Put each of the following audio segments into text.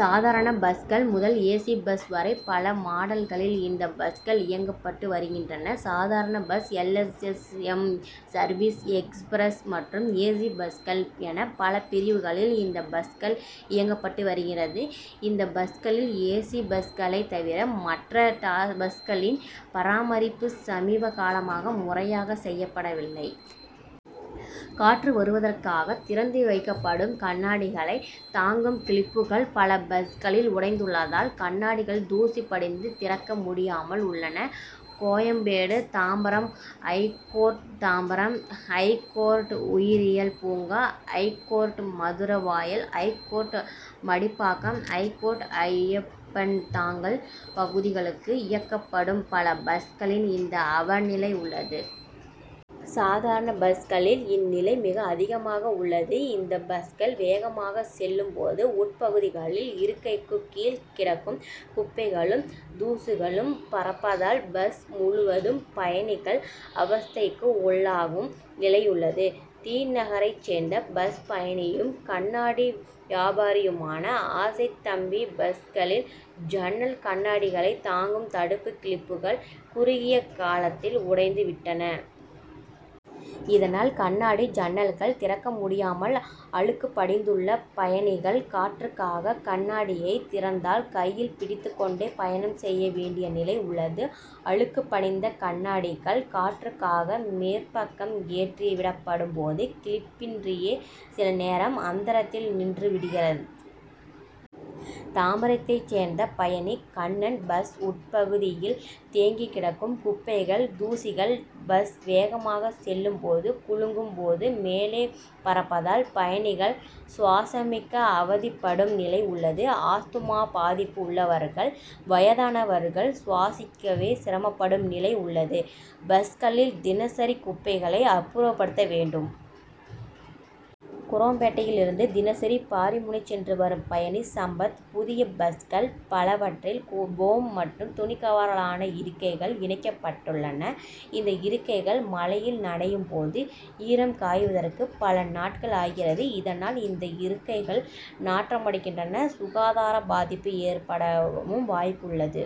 சாதாரண பஸ்கள் முதல், "ஏசி' பஸ் வரை, பல மாடல்களில், இந்த பஸ்கள் இயங்கப்பட்டு வருகின்றன. சாதாரண bus, L. S. S., M., service, express மற்றும் ஏசி பஸ்கள் என பல பிரிவுகளில், இந்த பஸ்கள் இயங்கப்பட்டு வருகிறது. இந்த பஸ்களில் ஏசி பஸ்களை தவிர, மற்ற பஸ்களின் பராமரிப்பு, சமீபகாலமாக முறையாக செய்யப்படவில்லை. காற்று வருவ தற்காக, திறந்து வைக்கப்படும் கண் ணாடிகளை தாங்கும் கிளிப்புகள், பல பஸ்களில் உடைந்துள்ளதால், கண்ணாடிகள் தூசி படிந்து, திறக்க முடியாமல் உள்ளன. கோயம்பேடு தாம்பரம், ஐகோர்ட் தாம்பரம், ஐகோர்ட் உயிரியல் பூங்கா, ஐகோர்ட் மதுர வாயல், ஐகோர்ட்-மடிப்பாக்கம், ஐகோர்ட் ஐயப்பன்தாங்கல் பகுதிகளுக்கு இயக்கப்படும் பல பஸ்களில், இந்த அவ நிலை உள்ளது. சாதாரண பஸ் களில், இந்நிலை மிக அதிகமாக உள்ளது. இந்த பஸ்கள், வேகமாக செல்லும் போது, உட்பகுதிகளில் இருக்கைக்கு கீழ் கிடக்கும் குப்பைகளும், தூசுகளும் பறப்பதால், பஸ் முழுவதும் பயணிகள் அவஸ்தைக்கு உள்ளாகும் நிலையுள்ளது. தி. நகரை சேர்ந்த பஸ் பயணியும், கண்ணாடி வியாபாரியுமான ஆசைத் தம்பி: பஸ்களில், ஜன்னல் கண்ணாடிகளை தாங்கும் தடுப்பு கிளிப்புகள், குறுகிய காலத்தில் உடைந்து விட்டன. இதனால், கண்ணாடி ஜன்னல்கள் திறக்க முடியாமல், அழுக்கு படிந்துள்ள. பயணிகள் காற்றுக்காக கண் ணாடியை திறந்தால், கையில் பிடித்து கொண்டே, பயணம் செய்ய வேண்டிய நிலை உள்ளது. அழுக்கு படிந்த கண்ணாடிகள், காற்றுக்காக மேற்பக்கம் ஏற்றி விடப்படும் போது, கிளிப்பின்றியே சில நேரம், அந்தரத்தில் நின்று விடுகிறது. தாம்பரத்தை சேர்ந்த பயணி கண்ணன்: பஸ் உட்பகுதியில், தேங்கி கிடக்கும் குப்பைகள், தூசிகள் பஸ் வேகமாக செல்லும் போது, குலுங்கும் போது, மேலே பறப்பதால், பயணிகள் சுவாசமிக்க அவதிப்படும் நிலை உள்ளது. ஆஸ்துமா பாதிப்பு உள்ளவர்கள், வயதானவர்கள், சுவாசிக்கவே சிரமப்படும் நிலை உள்ளது. பஸ்களில் தினசரி குப்பைகளை, அப்புறப்படுத்த வேண்டும். குரோம்பேட்டையிலிருந்து, தினசரி பாரிமுனை சென்று வரும் பயணி சம்பத்: புதிய பஸ்கள் பலவற்றில், போம்' மற்றும் துணிக்கவராலான இருக்கைகள் இணைக்கப்பட் டுள்ளன. இந்த இருக்கைகள் மழையில் நனையும் போது, ஈரம் காய்வதற்கு, பல நாட்கள் ஆகிறது. இதனால், இந்த இருக்கைகள் நாற்றமடிக் கின்றன. சுகாதார பாதிப்பு ஏற் படவும் வாய்ப்புள்ளது.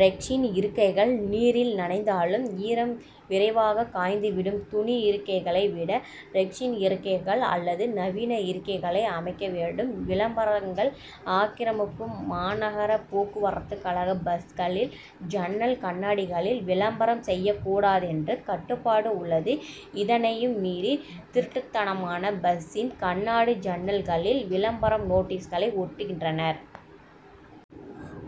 ரெக்சின் இருக்கைகள் நீரில் நனைந்தாலும், ஈரம் விரைவாக காய்ந்து விடும். துணி இருக்கைகளை விட, ரெக்சின் இருக்கைகள் அல்லது நவீன இருக்கைகளை அமைக்க வேண்டும். விளம்பரங்கள் ஆக்கிரமிப்பு: மாநகர போக்குவரத்து கழக பஸ்களில், ஜன்னல் கண்ணாடிகளில், விளம்பரம் செய்யக் கூடாதென்று கட்டுப்பாடு உள்ளது. இதனையும் மீறி திருட்டுத்தனமான, பஸ்சின் கண்ணாடி ஜன்னல்களில், விளம்பர நோட்டீஸ்களை ஒட்டுகின்றனர்.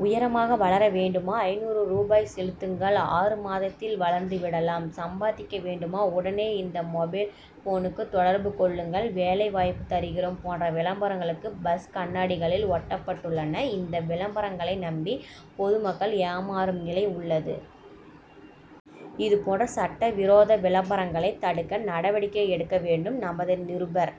உயரமாக வளர வேண்டுமா ஐந்நூறு ரூபாய் செலுத்துங்கள், ஆறு மாதத்தில் வளர்ந்து விடலாம், சம்பாதிக்க வேண்டுமா உடனே, இந்த மொபைல் ஃபோனுக்கு தொடர்பு கொள்ளுங்கள், வேலை வாய்ப்பு தருகிறோம்' போன்ற விளம்பரங்களும், பஸ் கண்ணாடிகளில் ஒட்டப்பட்டுள்ளன. இந்த விளம்பரங்களை நம்பி, பொதுமக்கள் ஏமாறும் நிலை உள்ளது. இதுபோன்ற சட்ட விரோத விளம்பரங்களை தடுக்க, நடவடிக்கை எடுக்க வேண்டும். -நமது நிருபர்-